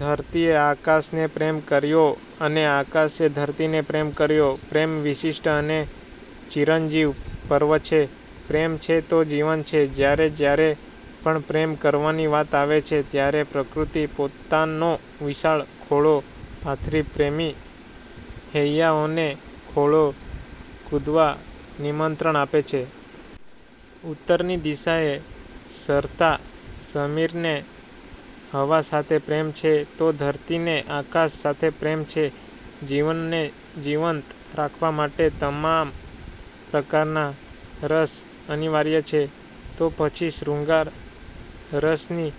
ધરતીએ આકાશને પ્રેમ કર્યો અને આકાશે ધરતીને પ્રેમ કર્યો પ્રેમ વિશિષ્ટ અને ચિરંજીવ પર્વ છે. પ્રેમ છે તો જીવન છે. જ્યારે જ્યારે પણ પ્રેમ કરવાની વાત આવે છે ત્યારે પ્રકૃતિ પોતાનો વિશાળ ખોળો પાથરી પ્રેમી હૈયાઓને ખોળો ખૂંદવા નિમંત્રણ આપે છે. ઉત્તરની દિશાએ સરતા સમીરને હવા સાથે પ્રેમ છે, તો ધરતીને આકાશ સાથે પ્રેમ છે. જીવનને જીવંત રાખવા માટે તમામ પ્રકારના રસ અનિવાર્ય છે. તો પછી શૃંગાર રસની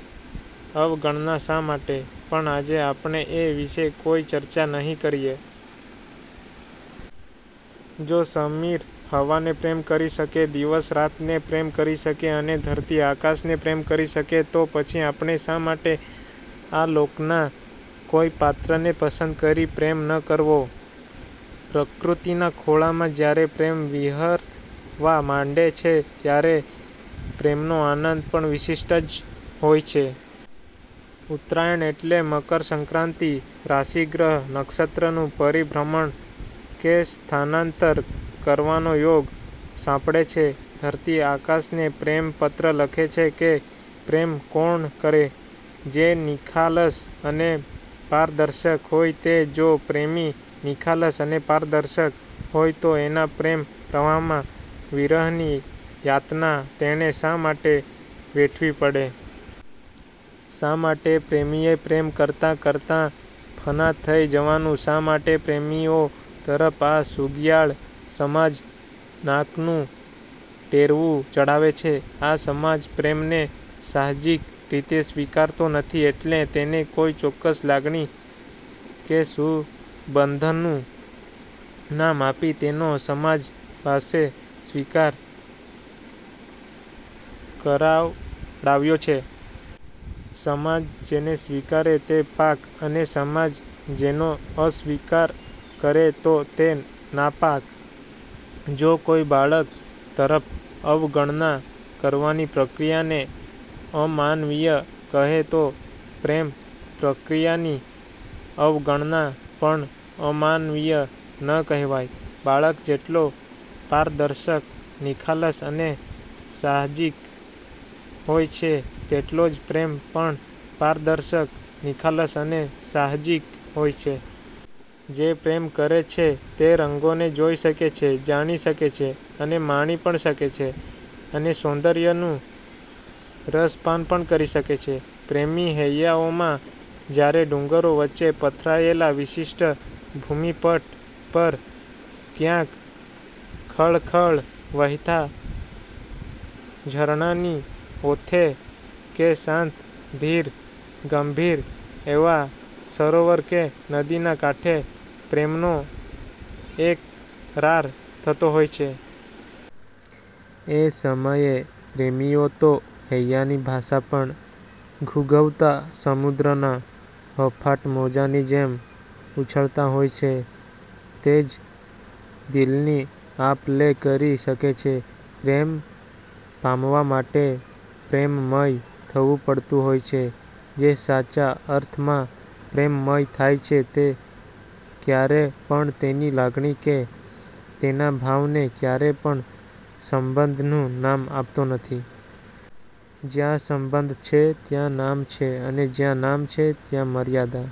અવગણના શા માટે? પણ આજે આપણે એ વિશે કોઈ ચર્ચા નહિ કરીએ. જો સમીર હવાને પ્રેમ કરી શકે, દિવસ રાતને પ્રેમ કરી શકે અને ધરતી આકાશને પ્રેમ કરી શકે તો પછી આપણે શા માટે આ લોકના કોઈ પાત્રને પસંદ કરી પ્રેમ ન કરવો? પ્રકૃતિના ખોળામાં જ્યારે પ્રેમ વિહરવા માંડે છે ત્યારે પ્રેમનો આનંદ પણ વિશિષ્ટ જ હોય છે. ઉત્તરાયણ એટલે મકરસંક્રાંતિ. રાશિ ગ્રહ નક્ષત્રનું પરિભ્રમણ કે સ્થાનાંતર કરવાનો યોગ સાંપડે છે. ધરતી આકાશને પ્રેમપત્ર લખે છે કે પ્રેમ કોણ કરે? જે નિખાલસ અને પારદર્શક હોય તે. જો પ્રેમી નિખાલસ અને પારદર્શક હોય તો એના પ્રેમ પ્રવાહમાં વિરહની યાતના તેણે શા માટે વેઠવી પડે? શા માટે પ્રેમીએ પ્રેમ કરતાં કરતાં ફના થઈ જવાનું? શા માટે પ્રેમીઓ તરફ આ સુગિયાળ સમાજ નાકનું ટેરવું ચડાવે છે? આ સમાજ પ્રેમને સાહજિક રીતે સ્વીકારતો નથી એટલે તેને કોઈ ચોક્કસ લાગણી કે સંબંધનું નામ આપી તેનો સમાજ પાસે સ્વીકાર કરાવડાવ્યો છે. સમાજ જેને સ્વીકારે તે પાક અને સમાજ જેનો અસ્વીકાર કરે તો તે નાપાક? જો કોઈ બાળક તરફ અવગણના કરવાની પ્રક્રિયાને અમાનવીય કહે તો પ્રેમ પ્રક્રિયાની અવગણના પણ અમાનવીય ન કહેવાય? બાળક જેટલો પારદર્શક, નિખાલસ અને સાહજિક હોય છે, તેટલો જ પ્રેમ પણ પારદર્શક, નિખાલસ અને સાહજિક હોય છે. જે પ્રેમ કરે છે તે રંગોને જોઈ શકે છે, જાણી શકે છે અને માણી પણ શકે છે અને સૌંદર્યનું રસપાન પણ કરી શકે છે. પ્રેમી હૈયાઓમાં જ્યારે ડુંગરો વચ્ચે પથરાયેલા વિશિષ્ટ ભૂમિપટ પર ક્યાંક ખળખળ વહેતા ઝરણાંની ઓથે કે શાંત ધીર ગંભીર એવા સરોવર કે નદીના કાંઠે પ્રેમનો એકરાર થતો હોય છે. એ સમયે પ્રેમીઓ તો હૈયાની ભાષા પણ ઘૂઘવતા સમુદ્રના અફાટ મોજાંની જેમ ઉછળતા હોય છે. તે જ દિલની આપ-લે કરી શકે છે. પ્રેમ પામવા માટે પ્રેમમય થવું પડતું હોય છે. જે સાચા અર્થમાં પ્રેમમય થાય છે તે ક્યારે પણ તેની લાગણી કે તેના ભાવને ક્યારે પણ સંબંધનું નામ આપતો નથી. જ્યાં સંબંધ છે ત્યાં નામ છે અને જ્યાં નામ છે ત્યાં મર્યાદા